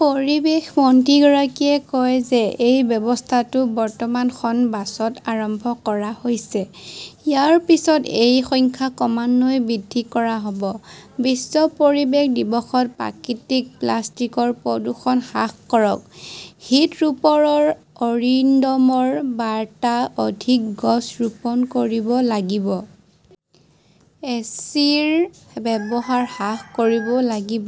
পৰিৱেশ মন্ত্ৰীগৰাকীয়ে কয় যে এই ব্যৱস্থাটো বৰ্তমান খন বাছত আৰম্ভ কৰা হৈছে। ইয়াৰ পিছত এই সংখ্যা ক্ৰমান্বয়ে বৃদ্ধি কৰা হ "ব। বিশ্ব পৰিৱেশ দিৱসত প্ৰাকৃতিক প্লাষ্টিকৰ প্ৰদূষণ হ্ৰাস কৰক, হৃদৰোপৰৰ অৰিণ্ডমৰ বাৰ্তা অধিক গছ ৰোপণ কৰিব লাগিব। এচিৰ ব্যৱহাৰ হ্ৰাস কৰিব লাগিব।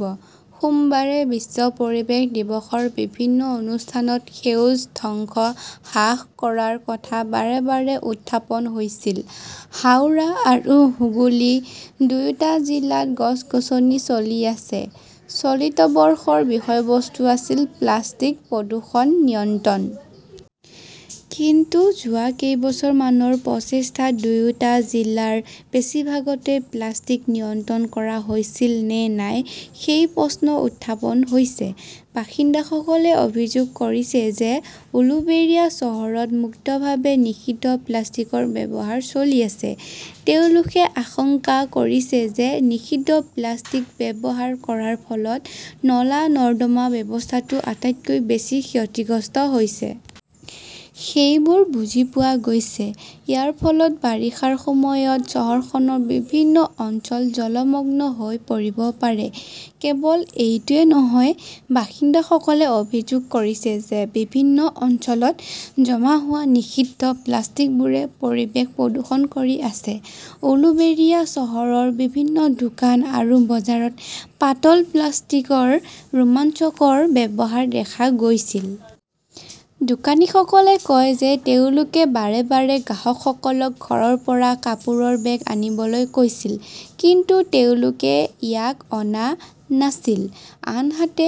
সোমবাৰে বিশ্ব পৰিৱেশ দিৱসৰ বিভিন্ন অনুষ্ঠানত সেউজ ধ্বংস হ্ৰাস কৰাৰ কথা বাৰে বাৰে উত্থাপন হৈছিল। হাওৰা আৰু হুগলী দুয়োটা জিলাত গছ-গছনি চলি আছে। চলিত বৰ্ষৰ বিষয়বস্তু আছিল 'প্লাষ্টিক প্ৰদূষণ নিয়ন্ত্ৰণ "। কিন্তু যোৱা কেইবছৰমানৰ প্ৰচেষ্টাত দুয়োটা জিলাৰ বেছিভাগতে প্লাষ্টিক নিয়ন্ত্ৰণ কৰা হৈছিল নে নাই সেই প্ৰশ্ন উত্থাপন হৈছে। বাসিন্দাসকলে অভিযোগ কৰিছে যে উলুবেৰিয়া চহৰত মুক্তভাৱে নিষিদ্ধ প্লাষ্টিকৰ ব্যৱহাৰ চলি আছে। তেওঁলোকে আশংকা কৰিছে যে নিষিদ্ধ প্লাষ্টিক ব্যৱহাৰ কৰাৰ ফলত নলা-নৰ্দমা ব্যৱস্থাটো আটাইতকৈ বেছি ক্ষতিগ্ৰস্ত হৈছে। সেইবোৰ বুজি পোৱা গৈছে। ইয়াৰ ফলত বাৰিষাৰ সময়ত চহৰখনৰ বিভিন্ন অঞ্চল জলমগ্ন হৈ পৰিব পাৰে। কেৱল এইটোৱেই নহয়, বাসিন্দাসকলে অভিযোগ কৰিছে যে বিভিন্ন অঞ্চলত জমা হোৱা নিষিদ্ধ প্লাষ্টিকবোৰে পৰিৱেশ প্ৰদূষণ কৰি আছে। উলুবেৰিয়া চহৰৰ বিভিন্ন দোকান আৰু বজাৰত পাতল প্লাষ্টিকৰ ৰোমাঞ্চকৰ ব্যৱহাৰ দেখা গৈছিল। দোকানীসকলে কয় যে তেওঁলোকে বাৰে বাৰে গ্ৰাহকসকলক ঘৰৰ পৰা কাপোৰৰ বেগ আনিবলৈ কৈছিল। কিন্তু তেওঁলোকে ইয়াক অনা নাছিল। আনহাতে,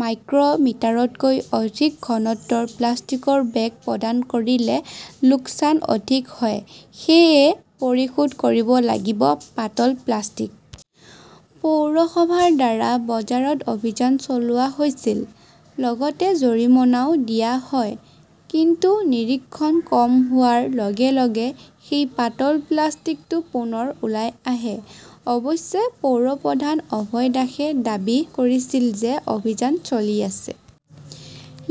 মাইক্ৰ "মিটাৰতকৈ অধিক ঘনত্বৰ প্লাষ্টিকৰ বেগ প্ৰদান কৰিলে লোকচান অধিক হয়। সেয়েহে পৰিশোধ কৰিব লাগিব পাতল প্লাষ্টিক। পৌৰসভাৰ দ্বাৰা বজাৰত অভিযান চলোৱা হৈছিল। লগতে জৰিমনাও দিয়া হয়। কিন্তু নিৰীক্ষণ কম হোৱাৰ লগে লগে সেই পাতল প্লাষ্টিকটো পুনৰ ওলাই আহে। অৱশ্যে পৌৰ প্ৰধান অভয় দাসে দাবী কৰিছিল যে অভিযান চলি আছে।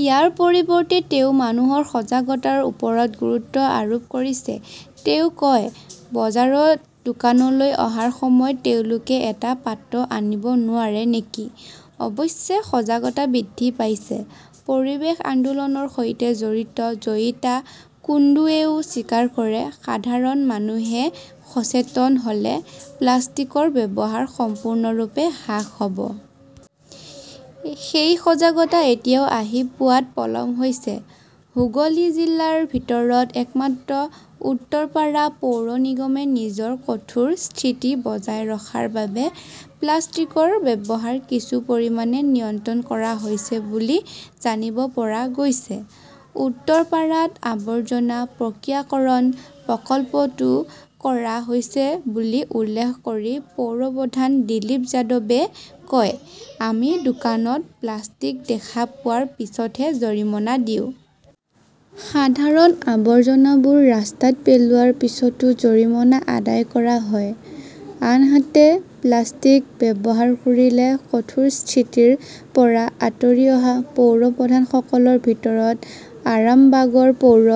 ইয়াৰ পৰিৱৰ্তে তেওঁ মানুহৰ সজাগতাৰ ওপৰত গুৰুত্ব আৰোপ কৰিছে। তেওঁ কয়, "বজাৰত দোকানলৈ অহাৰ সময়ত তেওঁলোকে এটা পাত্ৰ আনিব নোৱাৰে নেকি? অৱশ্যে সজাগতা বৃদ্ধি পাইছে। "পৰিৱেশ আন্দোলনৰ সৈতে জড়িত জয়িতা কুন্দুৱেও স্বীকাৰ কৰে", সাধাৰণ মানুহে সচেতন হ "লে প্লাষ্টিকৰ ব্যৱহাৰ সম্পূৰ্ণৰূপে হ্ৰাস হ" ব। সেই সজাগতা এতিয়াও আহি পোৱাত পলম হৈছে। "হুগলী জিলাৰ ভিতৰত একমাত্ৰ উত্তৰপাৰা পৌৰ নিগমে নিজৰ কঠোৰ স্থিতি বজাই ৰখাৰ বাবে প্লাষ্টিকৰ ব্যৱহাৰ কিছু পৰিমাণে নিয়ন্ত্ৰণ কৰা হৈছে বুলি জানিব পৰা গৈছে। উত্তৰপাৰাত আৱৰ্জনা প্ৰক্ৰিয়াকৰণ প্ৰকল্পটো কৰা হৈছে বুলি উল্লেখ কৰি পৌৰ প্ৰধান দিলীপ যাদৱে কয়, "আমি দোকানত প্লাষ্টিক দেখা পোৱাৰ পিছতহে জৰিমনা দিওঁ। সাধাৰণ আৱৰ্জনাবোৰ ৰাস্তাত পেলোৱাৰ পিছতো জৰিমনা আদায় কৰা হয়। "আনহাতে, প্লাষ্টিক্স ব্যৱহাৰ কৰিলে কঠোৰ স্থিতিৰ পৰা আঁতৰি অহা পৌৰ প্ৰধানসকলৰ ভিতৰত আৰামবাগৰ পৌৰ